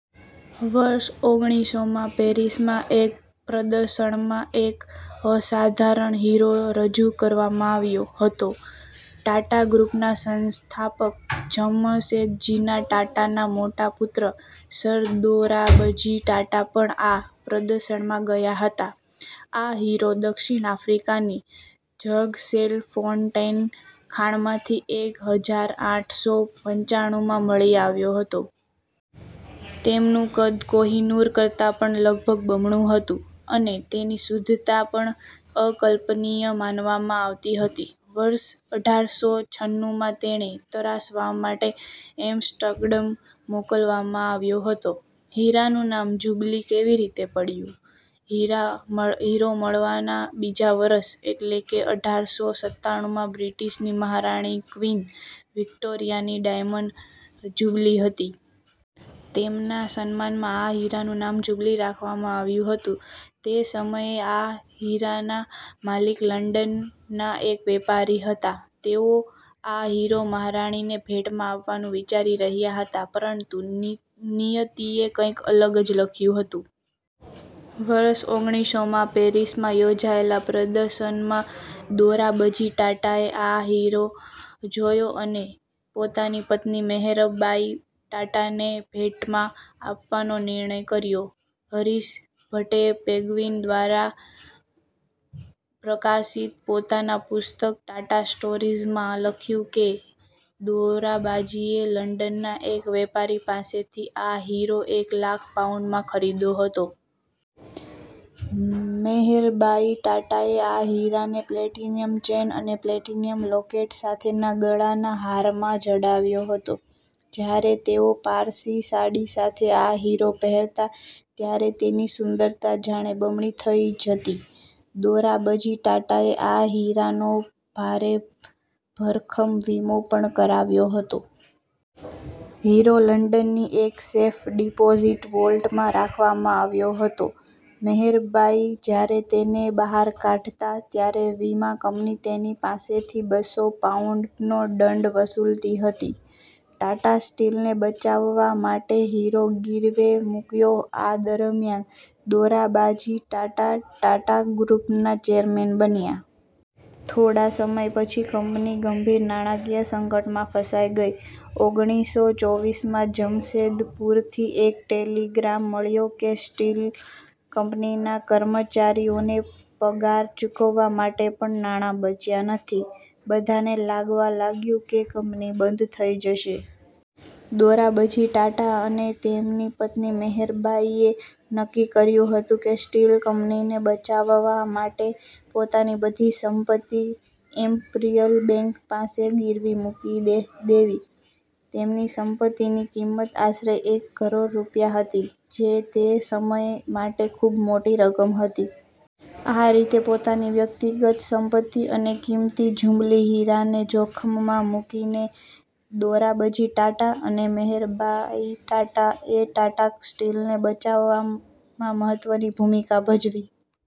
વર્ષ ઓગળીસોમાં પેરિસમાં એક પ્રદર્શનમાં એક અસાધારણ હીરો રજૂ કરવામાં આવ્યો હતો. ટાટા ગ્રૂપના સંસ્થાપક જમશેદજીના ટાટાના મોટા પુત્ર સર દોરાબજી ટાટા પણ આ પ્રદર્શનમાં ગયા હતા. આ હીરો દક્ષિણ આફ્રિકાની જૅગર્સફૉન્ટેઇન ખાણમાંથી એક હજાર આઠ સો પંચાણુંમાં મળી આવ્યો હતો. તેમનું કદ કોહિનૂર કરતાં પણ લગભગ બમણું હતું, અને તેની શુદ્ધતા પણ અકલ્પનીય માનવામાં આવતી હતી. વર્ષ અઢારસો છનુમાં તેને તરાશવા માટે એમ્સ્ટગર્ડમ મોકલવામાં આવ્યો હતો. હીરાનું નામ જુબલી કેવી રીતે પડ્યું? હીરા હીરો મળ્યાના બીજો વર્ષે, એટલે કે અઢારસો સત્તાનુંમાં, બ્રિટનની મહારાણી ક્વીન વિક્ટોરિયાની ડાયમંડ જુબલી હતી. તેમના સન્માનમાં આ હીરાનું નામ જુબલી રાખવામાં આવ્યું હતું. તે સમયે આ હીરાના માલિક લંડનના એક વેપારી હતા. તેઓ આ હીરો મહારાણીને ભેટમાં આપવાનું વિચારી રહ્યા હતા. પરંતુ ની નિયતિએ કંઈક અલગ જ લખ્યું હતું. વર્ષ ઓગળીસોમાં પેરિસમાં યોજાયેલા પ્રદર્શનમાં દોરાબજી ટાટાએ આ હીરો જોયો અને પોતાની પત્ની મેહેરબાઈ ટાટાને ભેટમાં આપવાનો નિર્ણય કર્યો. હરીશ ભટે પેંગ્વિન દ્વારા પ્રકાશિત પોતાના પુસ્તક ટાટા સ્ટોરીઝમાં આ લખ્યું છે કે દોરાબજીએ લંડનના એક વેપારી પાસેથી આ હીરો એક લાખ પાઉન્ડમાં ખરીદ્યો હતો. મેહેરબાઈ ટાટાએ આ હીરાને પ્લેટિનમ ચેન અને પ્લેટિનમ લોકેટ સાથેના ગળાના હારમાં જડાવ્યો હતો. જ્યારે તેઓ પારસી સાડી સાથે આ હીરો પહેરતા, ત્યારે તેની સુંદરતા જાણે બમણી થઈ જતી. દોરાબજી ટાટાએ આ હીરાનો ભારે ભરખમ વીમો પણ કરાવ્યો હતો. હીરો લંડનની એક સેફ ડિપોઝિટ વૉલ્ટમાં રાખવામાં આવયો હતો. મેહેરબાઈ જ્યારે તેને બહાર કાઢતા, ત્યારે વીમા કંપની તેની પાસેથી બસ્સો પાઉન્ડનો દંડ વસૂલતી હતી. ટાટા સ્ટીલને બચાવવા માટે હીરો ગીરવે મૂકાયો આ દરમિયાન દોરાબાજી ટાટા ટાટા ગ્રૂપના ચેરમેન બન્યા. થોડા સમય પછી કંપની ગંભીર નાણાકીય સંકટમાં ફસાઈ ગઈ. ઓગણીસો ચોવીસમાં જમશેદપુરથી એક ટેલિગ્રામ મળ્યો કે સ્ટીલ કંપનીના કર્મચારીઓને પગાર ચૂકવવા માટે પણ નાણાં બચ્યાં નથી. બધાને લાગવા લાગ્યું કે કંપની બંધ થઈ જશે. દોરાબજી ટાટા અને તેમની પત્ની મેહેરબાઈએ નક્કી કર્યું હતું કે સ્ટીલ કંપનીને બચાવવા માટે પોતાની બધી સંપત્તિ ઈમ્પિરિયલ બેન્ક પાસે ગીરવે મૂકી દે દેવી. તેમની સંપત્તિની કિંમત આશરે એક કરોડ રૂપિયા હતી, જે તે સમય માટે ખૂબ મોટી રકમ હતી. આ રીતે, પોતાની વ્યક્તિગત સંપત્તિ અને કિંમતી જુબલી હીરાને જોખમમાં મૂકીને દોરાબજી ટાટા અને મેહેરબાઈ ટાટાએ ટાટા સ્ટીલને બચાવવામાં મહત્વની ભૂમિકા ભજવી.